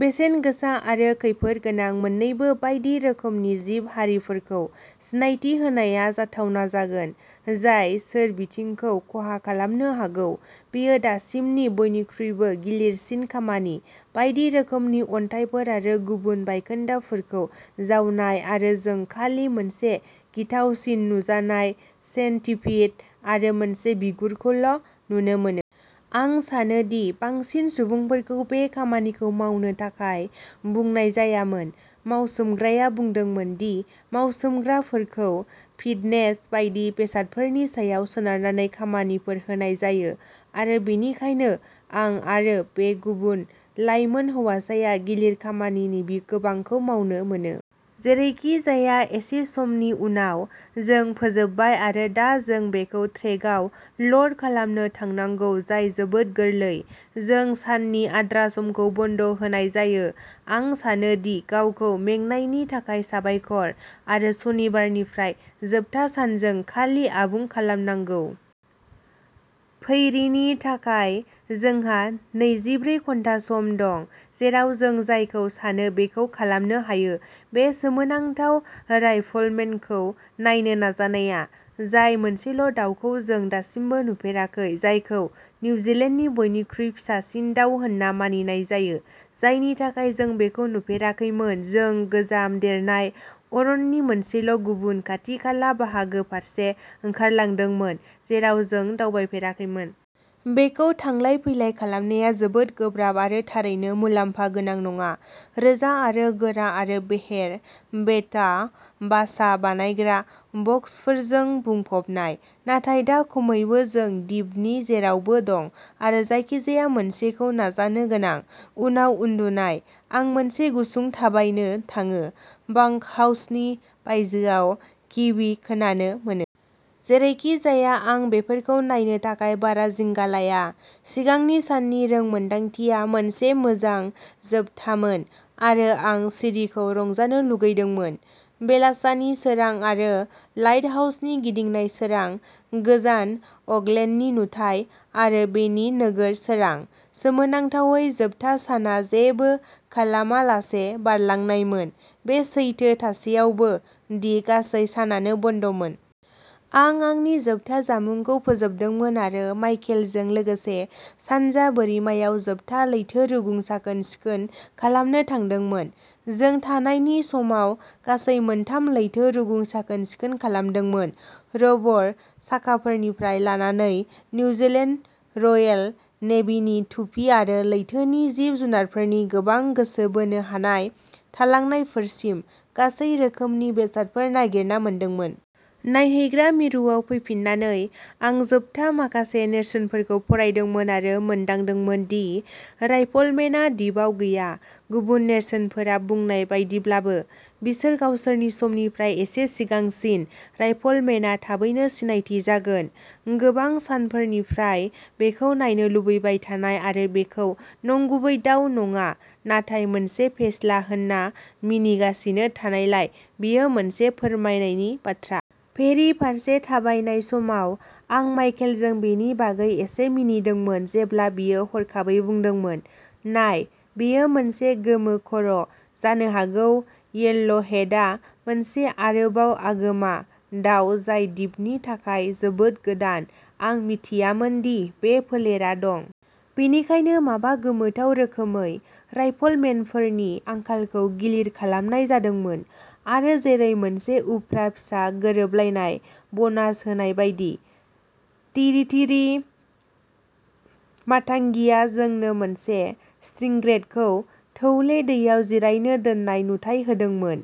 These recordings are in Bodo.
बेसेन गोसा आरो खैफोदगोनां मोननैबो बायदि रोखोमनि जिब-हारिफोरखौ सिनायथि होनाया जाथावना जागोन जाय सोरबिथिंखौ खहा खालामनो हागौ। बेयो दासिमनि बयनिख्रुइबो गिलिरसिन खामानि, बायदि रोखोमनि अन्थाइफोर आरो गुबुन बायखोन्दाफोरखौ जावनाय आरो जों खालि मोनसे गिथावसिन नुजानाय सेन्टिपेड आरो मोनसे बिगुरखौल' नुनो मोनो। आं सानो दि बांसिन सुबुंफोरखौ बे खामानिखौ मावनो थाखाय बुंनाय जायामोन, मावसोमग्राया बुंदोंमोन दि मावसोमग्राफोरखौ फिटनेस बायदि बेसादफोरनि सायाव सोनारनानै खामानिफोर होनाय जायो आरो बेनिखायनो आं आरो बे गुबुन लाइमोन हौवासाया गिलिर खामानिनि गोबांखौ मावनो मोनो। जेरैखिजाया एसे समनि उनाव जों फोजोबबाय आरो दा जों बेखौ ट्रेकआव ल'ड खालामनो थांनांगौ जाय जोबोद गोरलै। जों साननि आद्रा समखौ बन्द' होनाय जायो, आं सानो दि गावखौ मेंनायनि थाखाय साबायखर। आरो शनिबारनिफ्राय जोबथा सानजों खालि आबुं खालामनांगौ। फैरिनि थाखाय जोंहा नैजिब्रै घन्टा सम दं, जेराव जों जायखौ सानो बेखौ खालामनो हायो। बे सोमोनांथाव राइफलमेनखौ नायनो नाजानाया, जाय मोनसेल' दाउखौ जों दासिमबो नुफेराखै जायखौ निउजिलेन्डनि बयनिख्रुइ फिसासिन दाउ होनना मानिनाय जायो, जायनि थाखाय जों बेखौ नुफेराखैमोन जों गोजाम देरनाय अरननि मोनसेल' गुबुन खाथि-खाला बाहागो फारसे ओंखारलांदोंमोन, जेराव जों दावबायफेराखैमोन। बेखौ थांलाय-फैलाय खालामनाया जोबोद गोब्राब आरो थारैनो मुलाम्फा गोनां नङा, रोजा आरो गोरा आरो बेहेर, वेटा बासा बानायग्रा बक्सफोरजों बुंफबनाय। नाथाय दा खमैबो जों दिपनि जेरावबो दं आरो जायखिजाया मोनसेखौ नाजानो गोनां। उनाव उन्दुनाय, आं मोनसे गुसुं थाबायनो थाङो, बांकहाउसनि बायजोआव किवी खोनानो मोनो। जेरैखिजाया आं बेफोरखौ नायनो थाखाय बारा जिंगा लाया। सिगांनि साननि रोंमोनदांथिया मोनसे मोजां जोबथामोन आरो आं सिरिखौ रंजानो लुगैदोंमोन। बेलासानि सोरां आरो लाइटहाउसनि गिदिंनाय सोरां, गोजान अकलेन्डनि नुथाय आरो बेनि नोगोर सोरां। सोमोनांथावै, जोबथा साना जेबो खालामालासे बारलांनायमोन, बे सैथो थासेयावबो दि गासै सानानो बन्दमोन। आं आंनि जोबथा जामुंखौ फोजोबदोंमोन आरो माइकेलजों लोगोसे सानजा बोरिमायाव जोबथा लैथो रुगुं साखोन-सिखोन खालामनो थांदोंमोन। जों थानायनि समाव गासै मोनथाम लैथो रुगुं साखोन-सिखोन खालामदोंमोन, रबर साखाफोरनिफ्राय लानानै निउजिलेन्ड रयेल नेभिनि टुपि आरो लैथोनि जिब-जुनारफोरनि गोबां गोसो बोनो हानाय थालांनायफोरसिम गासै रोखोमनि बेसादफोर नागिरना मोनदोंमोन। नायहैग्रा मिरुआव फैफिन्नानै, आं जोबथा माखासे नेरसोनफोरखौ फरायदोंमोन आरो मोनदांदोंमोन दि राइफलमेनआ दिपआव गैया, गुबुन नेरसोनफोरा बुंनाय बायदिब्लाबो। बिसोर गावसोरनि समनिफ्राय एसे सिगांसिन राइफलमेनआ थाबैनो सिनायथि जागोन। गोबां सानफोरनिफ्राय बेखौ नायनो लुबैबाय थानाय आरो बेखौ नंगुबै दाउ नङा, नाथाय मोनसे फेस्ला होनना मिनिगासिनो थानायलाय, बेयो मोनसे फोरमायनायनि बाथ्रा। फेरि फारसे थाबायनाय समाव, आं माइकेलजों बेनि बागै एसे मिनिदोंमोन जेब्ला बियो हरखाबै बुंदोंमोन- "नाय, बेयो मोनसे गोमो खर" जानो हागौ येलल' हेडआ मोनसे आरोबाव आगोमा दाउ जाय दिपनि थाखाय जोबोद गोदान। आं मिथियामोन दि बे फोलेरा दं। बेनिखायनो माबा गोमोथाव रोखोमै, राइफलमेनफोरनि आंखालखौ गिलिर खालामनाय जादोंमोन आरो जेरै मोनसे उफ्रा फिसा गोरोबलायनाय बनास होनाय बायदि, तिरितिरि मातांगिआ जोंनो मोनसे स्टिंग्रेखौ थौले दैयाव जिरायनो दोननाय नुथाइ होदोंमोन,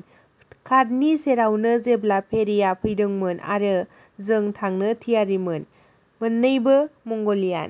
घाटनि सेरावनो जेब्ला फेरिआ फैदोंमोन आरो जों थांनो थियारिमोन। मोननैबो मंगलियान।